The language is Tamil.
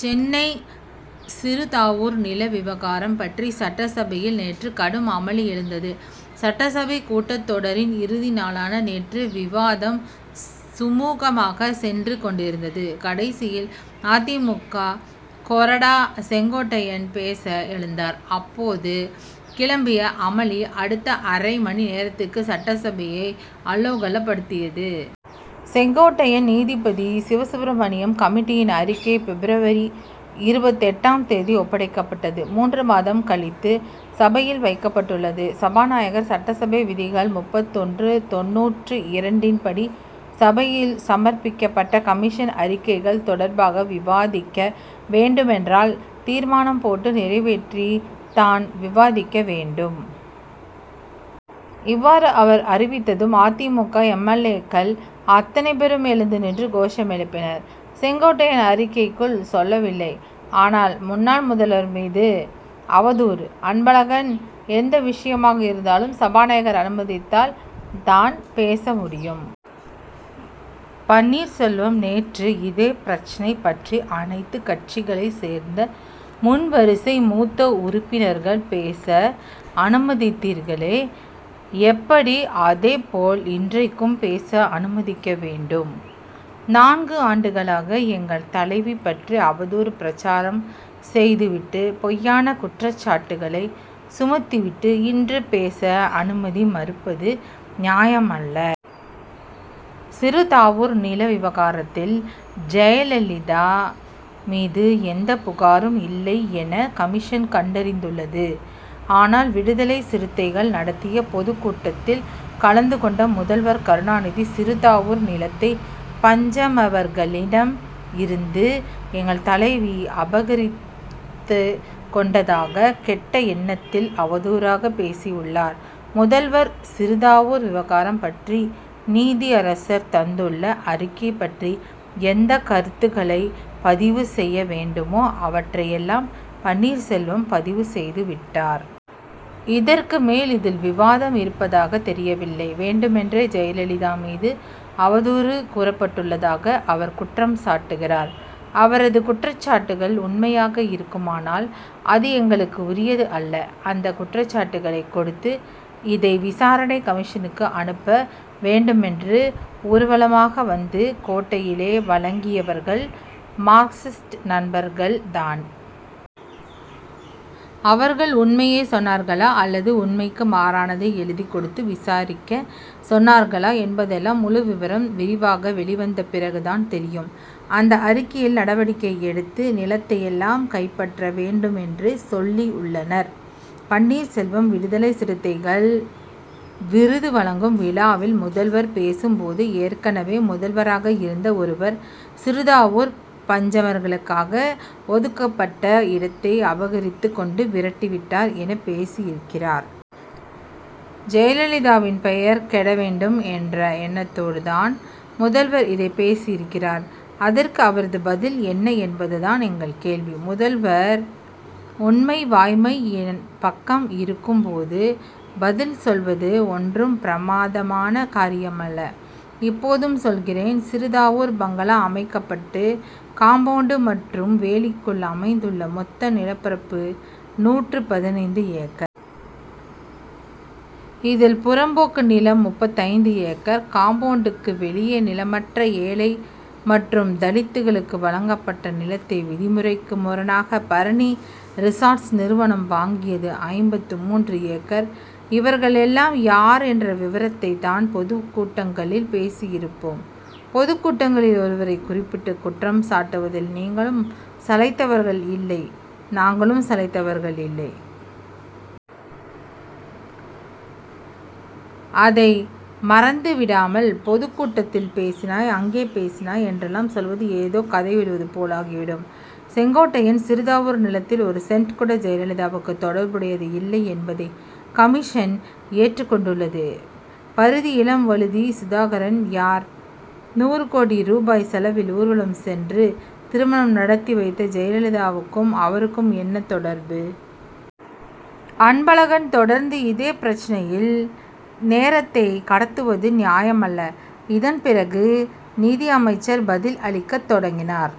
சென்னை சிறுதாவூர் நில விவகாரம் பற்றி சட்டசபையில் நேற்று கடும் அமளி எழுந்தது. சட்டசபை கூட்டத்தொடரின் இறுதி நாளான நேற்று விவாதம் சுமுகமாகச் சென்று கொண்டிருந்தது. கடைசியில் அ. தி. மு. க. கொறடா செங்கோட்டையன் பேச எழுந்தார். அப்போது கிளம்பிய அமளி அடுத்த அரை மணி நேரத்துக்கு சட்டசபையை அல்லோகலப்படுத்தியது. செங்கோட்டையன் நீதிபதி சிவசுப்ரமணியம் கமிட்டியின் அறிக்கை பிப்ரவரி இருபத்தெட்டாம் தேதி ஒப்படைக்கப்பட்டது. மூன்று மாதம் கழித்து சபையில் வைக்கப்பட்டுள்ளது. சபாநாயகர் சட்டசபை விதிகள் முப்பத்தொன்று தொண்ணூற்று இரண்டன்படி சபையில் சமர்ப்பிக்கப்பட்ட கமிஷன் அறிக்கைகள் தொடர்பாக விவாதிக்க வேண்டுமென்றால் தீர்மானம் போட்டு நிறைவேற்றி தான் விவாதிக்க வேண்டும். இவ்வாறு அவர் அறிவித்ததும் அ. தி. மு. க. எம். எல். ஏ.க்கள் அத்தனை பேரும் எழுந்து நின்று கோஷம் எழுப்பினர். செங்கோட்டையன் அறிக்கைக்குள் செல்லவில்லை. ஆனால் முன்னாள் முதல்வர் மீது அவதூறு. அன்பழகன் எந்த விஷயமாக இருந்தாலும் சபாநாயகர் அனுமதித்தால் தான் பேச முடியும். பன்னீர் செல்வம் நேற்று இதே பிரச்னை பற்றி அனைத்து கட்சிகளைச் சேர்ந்த முன்வரிசை மூத்த உறுப்பினர்கள் பேச அனுமதித்தீர்களே எப்படி. அதேபோல் இன்றைக்கும் பேச அனுமதிக்க வேண்டும். நான்கு ஆண்டுகளாக எங்கள் தலைவி பற்றி அவதூறு பிரசாரம் செய்துவிட்டு பொய்யான குற்றச்சாட்டுகளை சுமத்திவிட்டு இன்று பேச அனுமதி மறுப்பது நியாயமல்ல. சிறுதாவூர் நில விவகாரத்தில் ஜெயலலிதா மீது எந்தப் புகாரும் இல்லை என கமிஷன் கண்டறிந்துள்ளது. ஆனால் விடுதலைச் சிறுத்தைகள் நடத்திய பொதுக் கூட்டத்தில் கலந்துகொண்ட முதல்வர் கருணாநிதி சிறுதாவூர் நிலத்தை பஞ்சமர்களிடம் இருந்து எங்கள் தலைவி அபகரித்துக்கொண்டதாக கெட்ட எண்ணத்தில் அவதூறாக பேசியுள்ளார். முதல்வர் சிறுதாவூர் விவகாரம் பற்றி நீதியரசர் தந்துள்ள அறிக்கை பற்றி எந்தக் கருத்துக்களைப் பதிவு செய்ய வேண்டுமோ அவற்றை எல்லாம் பன்னீர்செல்வம் பதிவு செய்துவிட்டார். இதற்கு மேல் இதில் விவாதம் இருப்பதாகத் தெரியவில்லை. வேண்டுமென்றே ஜெயலலிதா மீது அவதூறு கூறப்பட்டுள்ளதாக அவர் குற்றம் சாட்டுகிறார். அவரது குற்றச்சாட்டுகள் உண்மையாக இருக்குமானால் அது எங்களுக்கு உரியது அல்ல. அந்தக் குற்றச்சாட்டுகளைக் கொடுத்து இதை விசாரணை கமிஷனுக்கு அனுப்ப வேண்டுமென்று ஊர்வலமாக வந்து கோட்டையிலே வழங்கியவர்கள் மார்க்சிஸ்ட் நண்பர்கள் தான். அவர்கள் உண்மையைச் சொன்னார்களா அல்லது உண்மைக்கு மாறானதை எழுதிக் கொடுத்து விசாரிக்கச் சொன்னார்களா என்பதெல்லாம் முழு விவரம் விரிவாக வெளிவந்த பிறகு தான் தெரியும். அந்த அறிக்கையில் நடவடிக்கை எடுத்து நிலத்தை எல்லாம் கைப்பற்ற வேண்டுமென்று சொல்லியுள்ளனர். பன்னீர்செல்வம் விடுதலைச் சிறுத்தைகள் விருது வழங்கும் விழாவில் முதல்வர் பேசும் போது ஏற்கனவே முதல்வராக இருந்த ஒருவர் சிறுதாவூரில் பஞ்சமர்களுக்காக ஒதுக்கப்பட்ட இடத்தை அபகரித்துக் கொண்டு விரட்டி விட்டார் என பேசியிருக்கிறார். ஜெயலலிதாவின் பெயர் கெட வேண்டும் என்ற எண்ணத்தோடு தான் முதல்வர் இதைப் பேசியிருக்கிறார். அதற்கு அவரது பதில் என்ன என்பது தான் எங்கள் கேள்வி. முதல்வர் உண்மை வாய்மை என் பக்கம் இருக்கும் போது பதில் சொல்வது ஒன்றும் பிரமாதமான காரியமல்ல. இப்போதும் சொல்கிறேன். சிறுதாவூர் பங்களா அமைக்கப்பட்டு காம்பவுண்டு மற்றும் வேலிக்குள் அமைந்துள்ள மொத்த நிலப்பரப்பு நூற்று பதினைந்து ஏக்கர். இதில் புறம்போக்கு நிலம் முப்பத்தைந்து ஏக்கர். காம்பவுண்டுக்கு வெளியே நிலமற்ற ஏழை மற்றும் தலித்களுக்கு வழங்கப்பட்ட நிலத்தை விதிமுறைக்கு முரணாக பரணி ரிசார்ட்ஸ் நிறுவனம் வாங்கியது ஐம்பத்து மூன்று ஏக்கர். இவர்கள் எல்லாம் யார் என்ற விவரத்தைத் தான் பொதுக்கூட்டங்களில் பேசியிருப்போம். பொதுக்கூட்டங்களில் ஒருவரை குறிப்பிட்டு குற்றம் சாட்டுவதில் நீங்களும் சளைத்தவர்கள் இல்லை நாங்களும் சளைத்தவர்கள் இல்லை. அதை மறந்துவிடாமல் பொதுக்கூட்டத்தில் பேசினாய் அங்கே பேசினாய் என்றெல்லாம் சொல்வது ஏதோ கதை விடுவது போலாகி விடும். செங்கோட்டையன் சிறுதாவூர் நிலத்தில் ஒரு சென்ட் கூட ஜெயலலிதாவுக்கு தொடர்புடையது இல்லை என்பதை கமிஷன் ஏற்றுக் கொண்டுள்ளது. பரிதி இளம்வழுதி சுதாகரன் யார். நூறு கோடி ரூபாய் செலவில் ஊர்வலம் சென்று திருமணம் நடத்தி வைத்த ஜெயலலிதாவுக்கும் அவருக்கும் என்ன தொடர்பு. அன்பழகன் தொடர்ந்து இதே பிரச்னையில் நேரத்தைக் கடத்துவது நியாயமல்ல. இதன் பிறகு நிதியமைச்சர் பதில் அளிக்கத் தொடங்கினார்.